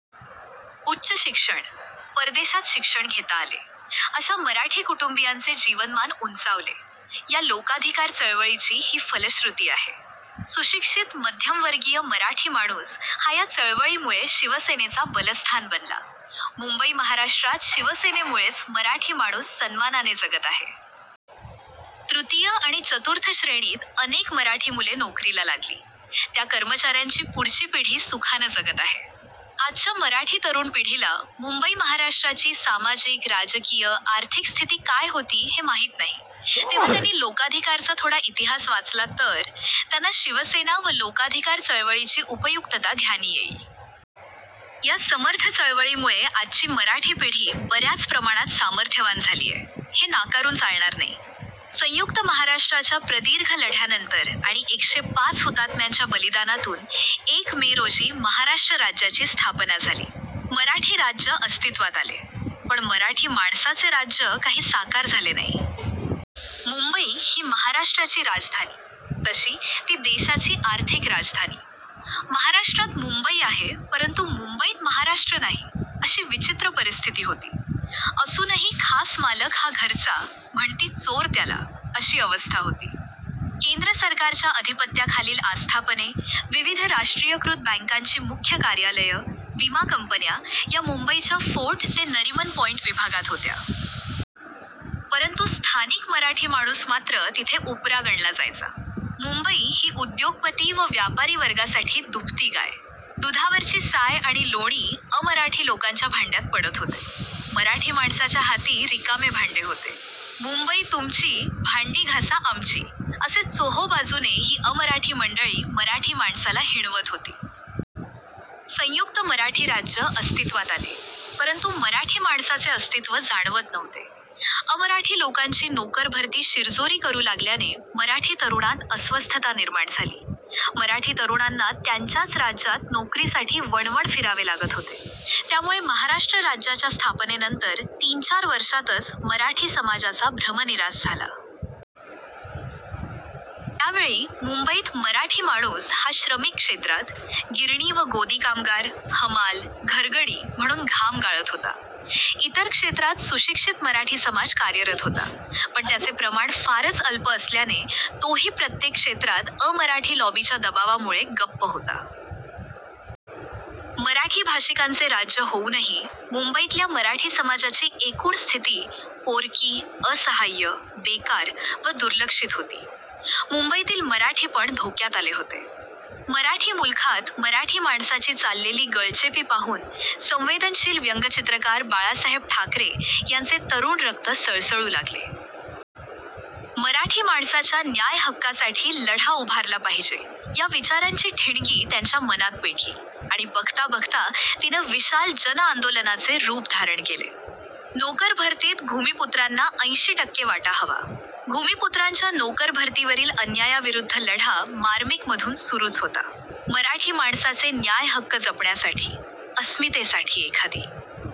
उच्च शिक्षण, परदेशात शिक्षण घेता आले. अशा मराठी कुटुंबीयांचे जीवनमान उंचावले. या लोकाधिकार चळवळीची ही फलश्रुती आहे. सुशिक्षित मध्यमवर्गीय मराठी माणूस हा या चळवळीमुळे शिवसेनेचा बलस्थान बनला. मुंबई महाराष्ट्रात शिवसेनेमुळेच मराठी माणूस सन्मानाने जगत आहे. तृतीय आणि चतुर्थ श्रेणीत अनेक मराठी मुले नोकरीला लागली, त्या कर्मचाऱ्यांची पुढची पिढी सुखाने जगत आहे. आजच्या मराठी तरुण पिढीला मुंबई महाराष्ट्राची सामाजिक राजकीय आर्थिक स्थिती काय होती हे माहित नाही, तेव्हा त्यांनी लोकाधिकारचा थोडा इतिहास वाचला तर, त्यांना शिवसेना व लोकाधिकार चळवळीची उपयुक्तता ध्यानी येईल. या समर्थ चळवळीमुळे आजची मराठी पिढी बऱ्याच प्रमाणात सामर्थ्यवान झाली आहे. हे नाकारून चालणार नाही. संयुक्त महाराष्ट्राच्या प्रदीर्घ लढ्यानंतर आणि एकशे पाच हुतात्म्यांच्या बलिदानातून एक मे रोजी महाराष्ट्र राज्याची स्थापना झाली. मराठी राज्य अस्तित्वात आले पण मराठी माणसाचे राज्य काही साकार झाले नाही. मुंबई ही महाराष्ट्राची राजधानी, तशी ती देशाची आर्थिक राजधानी. महाराष्ट्रात मुंबई आहे परंतु मुंबईत महाराष्ट्र नाही, अशी विचित्र परिस्थिती होती. असूनही खास मालक हा घरचा, म्हणती चोर त्याला, अशी अवस्था होती. केंद्र सरकारच्या अधिपत्याखालील आस्थापने, विविध राष्ट्रीयकृत बँकांची मुख्य कार्यालये, विमा कंपन्या या मुंबईच्या फोर्ट ते नरिमन पॉईंट विभागात होत्या. परंतु स्थानिक मराठी माणूस मात्र तिथे उपरा गणला जायचा, मुंबई ही उद्योगपती व व्यापारी वर्गासाठी दुभती गाय. दुधावरची साय आणि लोणी अमराठी लोकांच्या भांड्यात पडत होते. मराठी माणसाच्या हाती रिकामे भांडे होते. मुंबई तुमची, भांडी घासा आमची, असे चोहोबाजूने ही अमराठी मंडळी मराठी माणसाला हिणवत होती. संयुक्त मराठी राज्य अस्तित्वात आले परंतु मराठी माणसाचे अस्तित्व जाणवत नव्हते. अमराठी लोकांची नोकर भरती शिरजोरी करू लागल्याने मराठी तरुणांत अस्वस्थता निर्माण झाली. मराठी तरुणांना त्यांच्याच राज्यात नोकरीसाठी वणवण फिरावे लागत होते. त्यामुळे महाराष्ट्र राज्याच्या स्थापनेनंतर तीन चार वर्षातच मराठी समाजाचा भ्रमनिरास झाला. त्यावेळी मुंबईत मराठी माणूस हा श्रमिक क्षेत्रात, गिरणी व गोदी कामगार, हमाल, घरगडी म्हणून घाम गाळत होता. इतर क्षेत्रात सुशिक्षित मराठी समाज कार्यरत होता पण त्याचे प्रमाण फारच अल्प असल्याने तोही प्रत्येक क्षेत्रात अमराठी लॉबीच्या दबावामुळे गप्प होता. मराठी भाषिकांचे राज्य होऊनही मुंबईतल्या मराठी समाजाची एकूण स्थिती पोरकी, असहाय्य, बेकार व दुर्लक्षित होती. मुंबईतील मराठीपण धोक्यात आले होते. मराठी मुलखात मराठी माणसाची चाललेली गळचेपी पाहून संवेदनशील व्यंगचित्रकार बाळासाहेब ठाकरे यांचे तरुण रक्त सळसळू लागले. मराठी माणसाच्या न्याय हक्कासाठी लढा उभारला पाहिजे या विचारांची ठिणगी त्यांच्या मनात पेटली आणि बघता बघता तिने विशाल जनआंदोलनाचे रूप धारण केले. नोकरभरतीत भूमिपुत्रांना ऐंशी टक्के वाटा हवा. भूमिपुत्रांच्या नोकर भरतीवरील अन्यायाविरुद्ध लढा मार्मिक मधून सुरूच होता. मराठी माणसाचे न्याय हक्क जपण्यासाठी, अस्मितेसाठी एखादी